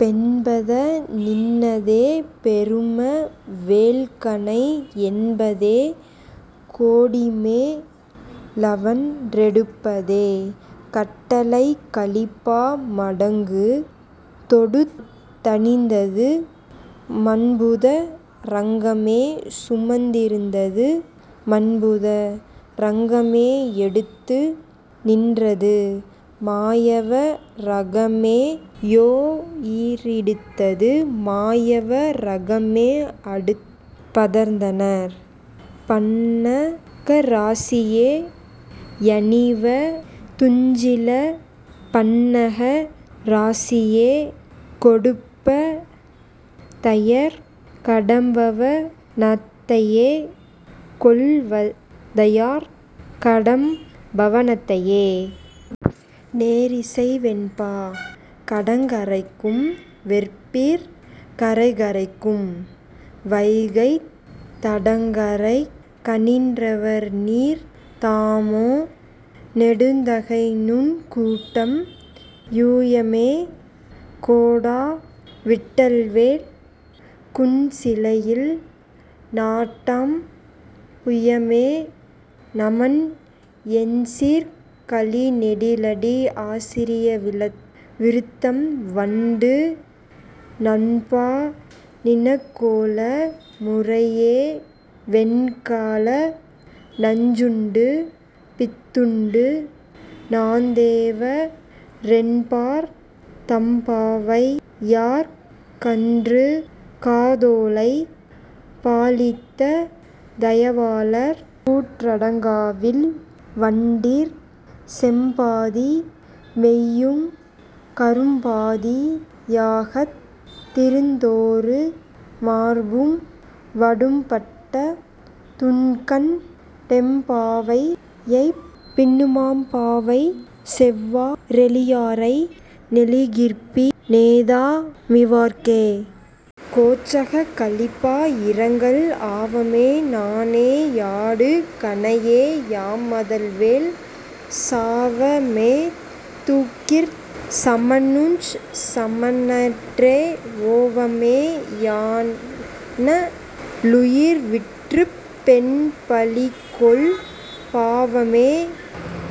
பெண்பத நின்னதே பெரும வேள்கணை எண்பது கோடிமே லெவன்றொ டுப்பதே. கட்டளைக் கலிப்பா மடக்கு தொடுத்த ணிந்தது மம்புத ரங்கமே சுமந்தி ருந்தது மம்புத ரங்கமே எடுத்து நின்றது மாயவ ராகமே யெயிறி றுத்தது மாயவ ராகமே அடுப்ப தந்தணர் பன்னக ராசியே யணிவ துஞ்சில பன்னக ராசியே கொடுப்ப தையர் கடம்பவ னத்தையே கொள்வ தையர் கடம்பவ னத்தையே. நேரிசை வெண்பா கடங்கரைக்கும் வெற்பிற் கரைகரைக்கும் வைகைத் தடங்கரைக்க ணின்றவர்நீர் தாமோ-நெடுந்தகைநுங் கூட்டம் புயமே கொடாவிடில்வேள் கூன்சிலையில் நாட்டம் புயமே நமன். எண்சீர்க் கழிநெடிலடி ஆசிரிய விருத்தம் வண்டு நம்பாநி னக்கோல முறையோவெ னக்கால நஞ்சுண்டு பித்துண்டு நாந்தேவ ரென்பார் தம்பாவை யர்க்கன்று காதோலை பாலித்த தயவாளர் கூடற் றடங்காவில் வண்டீர் செம்பாதி மெய்யுங் கரும்பாதி யாகத் திருத்தோளு மார்பும் வடுப்பட்ட துங்கண் டெம்பாவை யைப்பின்னு மம்பாவை செய்வா ரெளியாரை நலிகிற்பி னேதா மிவர்க்கே. கொச்சகக் கலிப்பா இரங்கல் ஆவமே நாணே யடுகணையே யம்மதவேள் சாவமே தூக்கிற் சமனுஞ் சமனன்றே ஓவமே யன்னா ளுயிர்விற்றுப் பெண்பழிகொள் பாவமே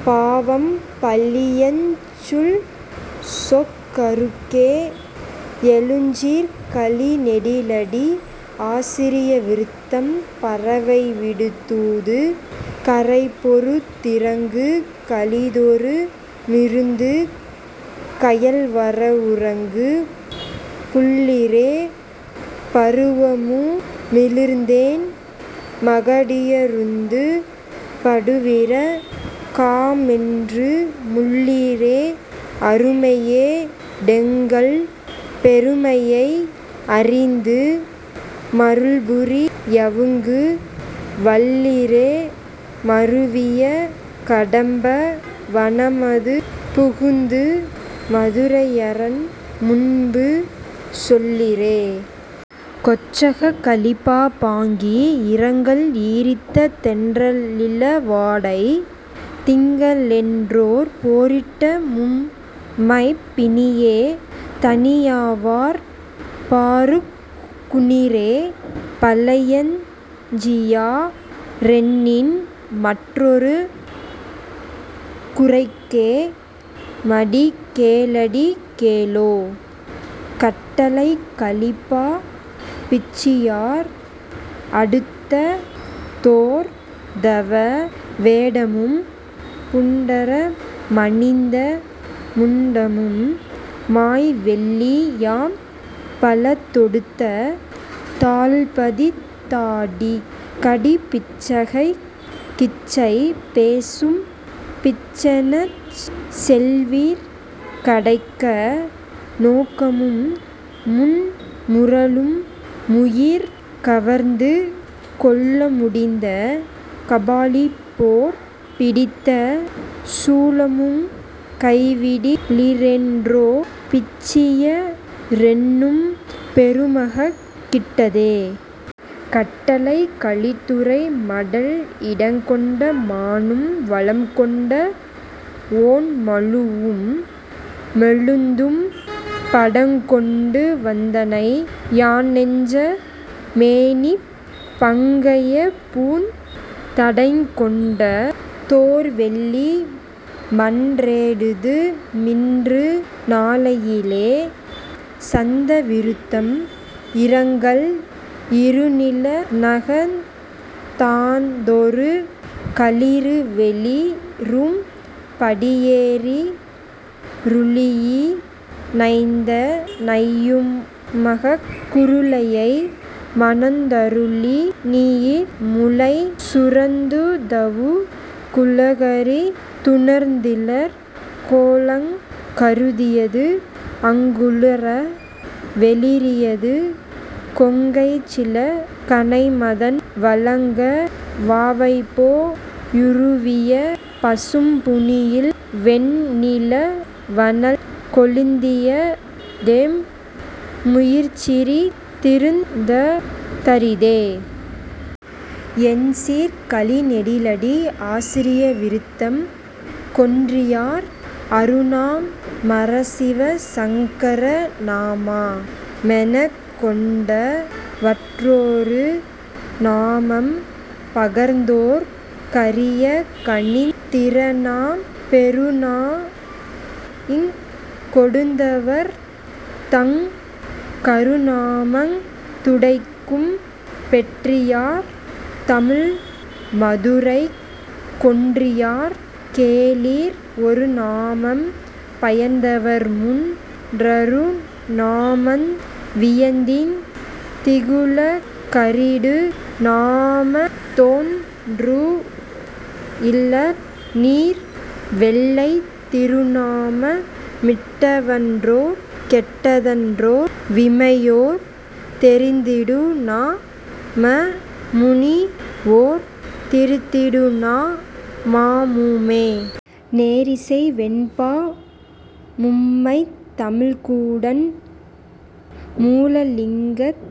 பாவம் பழியஞ்சுஞ் சொக்கருக்கே. எழுசீர்க் கழிநெடிலடி ஆசிரிய விருத்தம் பறவைவிடு தூது கரைபொரு திரங்கு கழிதொறு மிருந்து கயல்வர வுறங்கு புள்ளீரே பருவமு மிழந்தென் மகடுய ருழந்து படுவிர கமொன்று முள்ளீரே அருமையொ டெங்கள் பெருமையை யறிந்து மருள்புரி யவிங்கு வல்லீரே மருவிய கடம்ப வனமது புகுந்து மதுரையரன் முன்பு சொல்லீரே. கொச்சகக் கலிப்பா பாங்கி இரங்கல் ஈரித்த தென்ற லிளவாடை திங்களென்றோர் பேரிட்ட மும்மைப் பிணியோ தணியாவாற் பாருக்கு ணீரே பழியஞ்சி யாரெனின்மற் றாருக் குரைக்கே மடிகே ளடிகேளோ. கட்டளைக் கலிப்பா பிச்சியார் அடுத்த தோர்தவ வேடமும் புண்டர மணிந்த முண்டமு மாய்வெள்ளி யம்பலத் தெடுத்த தாள்பதித் தாடிக் கடைப்பிச்சைக் கிச்சை பேசுமப் பிச்சனெ னச்செல்வீர் கடைக்க ணோக்கமும் புன்மூர லும்முயிர் கவர்ந்து கொள்ள விடுத்த கபாலிபோற் பிடித்த சூலமுங் கைவிட்டி லீரென்றோ பிச்சியாரெனும் பேருமக் கிட்டதே. கட்டளைக் கலித்துறை மடல் இடங்கொண்ட மானும் வலங்கொண்ட வொண்மழு வும்மெழுதும் படங்கொண்டு வந்தனை யானெஞ்ச மேயினிப் பங்கயப் பூந் தடங்கொண்ட கூடற் சவுந்தர மாறர்பொற் றாள்பெயர்த்து தடங்கொண்ட தோர்வெள்ளி மன்றே றுதுமின்று நாளையிலே. சந்த விருத்தம் இரங்கல் இருநில னகழ்ந்ததொரு களிறுவெளி றும்படியொ ரிருளியி னணைந்த ணையுமக் குருளையை மணந்தருளி னிளமுலை சுரந்துதவு குழகரி துணர்ந்திலர் கொலாங் கருகியது கங்குலற வெளிறியது கொங்கைசில கணைமதன் வழங்க வவைபோ யுருவிய பசும்புணில்வெண் ணிலவனல் கொளுந்தியதெம் முயிர்சிறி திருந்த தரிதே. எண்சீர்க் கழிநெடிலடி ஆசிரிய விருத்தம் கொற்றியார் அருநாம மரசிவசங் கரநாம மெனக்கொண் டவற்றொருநா மம்பகர்ந்தோர்க் கரியயனிந் திரனாம் பெருநாமங் கொடுத்தவர்தங் கருநாமந் துடைக்கும் பெற்றியார் தமிழ்மதுரைக் கொற்றியார் கேளீர் ஒருநாமம் பயந்தவர்முன் றருநாமந் வியந்திங் திகுலகரிடு நாமமதொன் றுள்ளநீர் வெள்ளைத் திருநாம மிட்டவன்றே கெட்டதன்றோ விமையோர் தெரித்திடுநா மமுமுனிவோர் தரித்திடுநா மமுமே. நேரிசை வெண்பா மும்மைத் தமிழ்க்கூடன் மூலலிங்கத்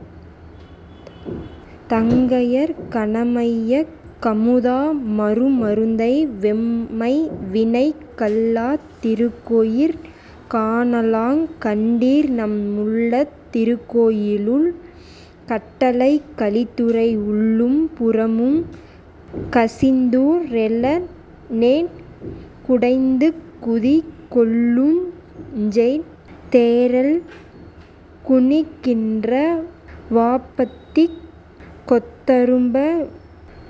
தங்கயற்க ணம்மைக் கமுதா மருமருந்தை வெம்மைவினைக் கள்ளத் திருக்கோயிற் காணலாங் கண்டீர்நம் முள்ளத் திருக்கோயி லுள். கட்டளைக் கலித்துறை உள்ளும் புறம்புங் கசிந்தூற் றெழநெக் குடைந்துகுதி கொள்ளுஞ்செந் தேறல் குனிக்கின்ற வாபத்திக் கொத்தரும்ப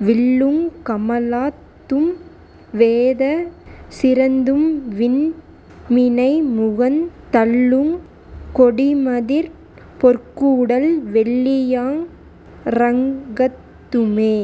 விள்ளுங் கமலத்தும் வேத சிரத்தும்விண் மீனைமுகந் தள்ளுங் கொடிமதிற் பொற்கூடல் வெள்ளி யரங்கத்துமே.